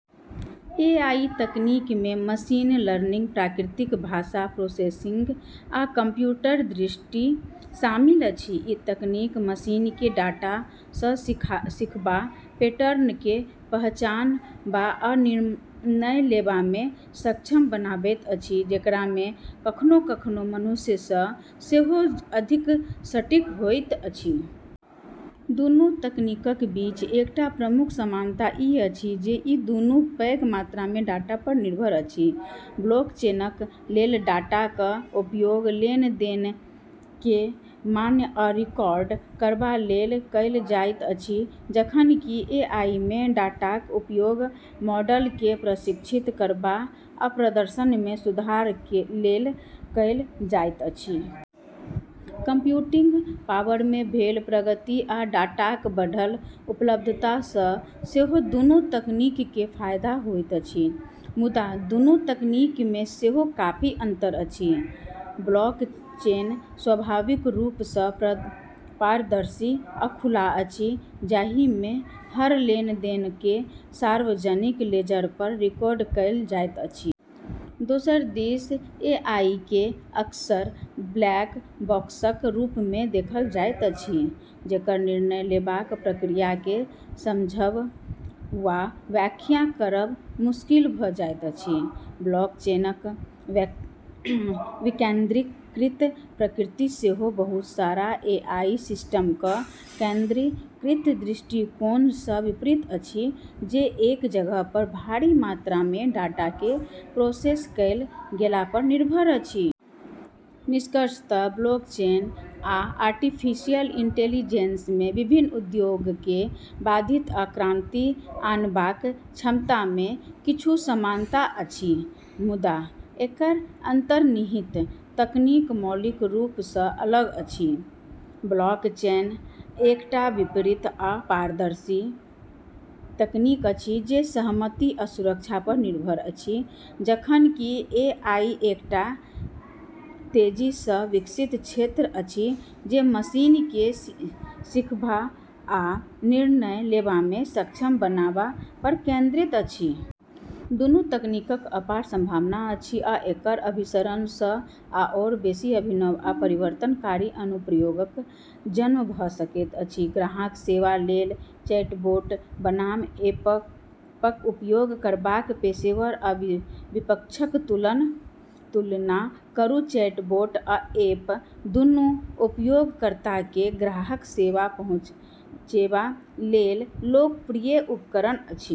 AI तकनीकमे machine learning, प्राकृतिक भाषा प्रोसेसिंग, आ कंप्यूटर दृष्टि शामिल अछि। ई तकनीक मशीनकेँ डाटा सँ सीखबा, पैटर्नकेँ पहचानबा आ निर्णय लेबामे सक्षम बनाबैत अछि, जेकरामे कखनो-कखनो मनुष्य सँ सेहो अधिक सटीक होइत अछि। दुनू तकनीकक बीच एकटा प्रमुख समानता ई अछि जे ई दुनू पैघ मात्रामे डाटा पर निर्भर अछि। ब्लॉकचेनक लेल, डाटाक उपयोग लेनदेनकेँ मान्य आ रिकॉर्ड करबा लेल कएल जाइत अछि जखन कि एआईमे, डाटाक उपयोग मॉडलकेँ प्रशिक्षित करबा आ प्रदर्शनमे सुधार लेल कएल जाइत अछि। कंप्यूटिंग पावरमे भेल प्रगति आ डाटाक बढ़ल उपलब्धता सँ सेहो दुनू तकनीककेँ फायदा होइत अछि। मुदा, दुनू तकनीकमे सेहो काफी अंतर अछि। ब्लॉकचेन स्वाभाविक रूप सँ पारदर्शी आ खुला अछि, जाहिमे हर लेनदेनकेँ सार्वजनिक लेजर पर रिकॉर्ड कएल जाइत अछि। दोसर दिस एआईकेँ अक्सर ब्लैक बॉक्सक रूपमे देखल जाइत अछि, जेकर निर्णय लेबाक प्रक्रियाकेँ समझब वा व्याख्या करब मुश्किल भ’ जाइत अछि। ब्लॉकचेनक विकेंद्रीकृत प्रकृति सेहो बहुत सारा एआई सिस्टमक केंद्रीकृत दृष्टिकोण सँ विपरीत अछि, जे एक जगह पर भारी मात्रामे डाटाकेँ प्रोसेस कएल गेला पर निर्भर अछि। निष्कर्षतः, ब्लॉकचेन आ आर्टिफिशियल इंटेलिजेंसमे विभिन्न उद्योगकेँ बाधित आ क्रांति आनबाक क्षमतामे किछु समानता अछि, मुदा एकर अंतर्निहित तकनीक मौलिक रूप सँ अलग अछि। ब्लॉकचेन एकटा वितरित आ पारदर्शी तकनीक अछि जे सहमति आ सुरक्षा पर निर्भर अछि, जखन कि एआई एकटा तेजी सँ विकसित क्षेत्र अछि जे मशीनकेँ सीखबा आ निर्णय लेबामे सक्षम बनाबा पर केंद्रित अछि। दुनू तकनीकक अपार संभावना अछि, आ एकर अभिसरण सँ आओर बेसि अभिनव आ परिवर्तनकारी अनुप्रयोगक जन्म भ’ सकैत अछि। ग्राहक सेवा लेल चैटबोट बनाम ऐपक उपयोग करबाक पेशेवर आ विपक्षक तुलना करू। चैटबोट आ ऐप दुनू उपयोगकर्ताकेँ ग्राहक सेवा पहुँचेबा लेल लोकप्रिय उपकरण अछि।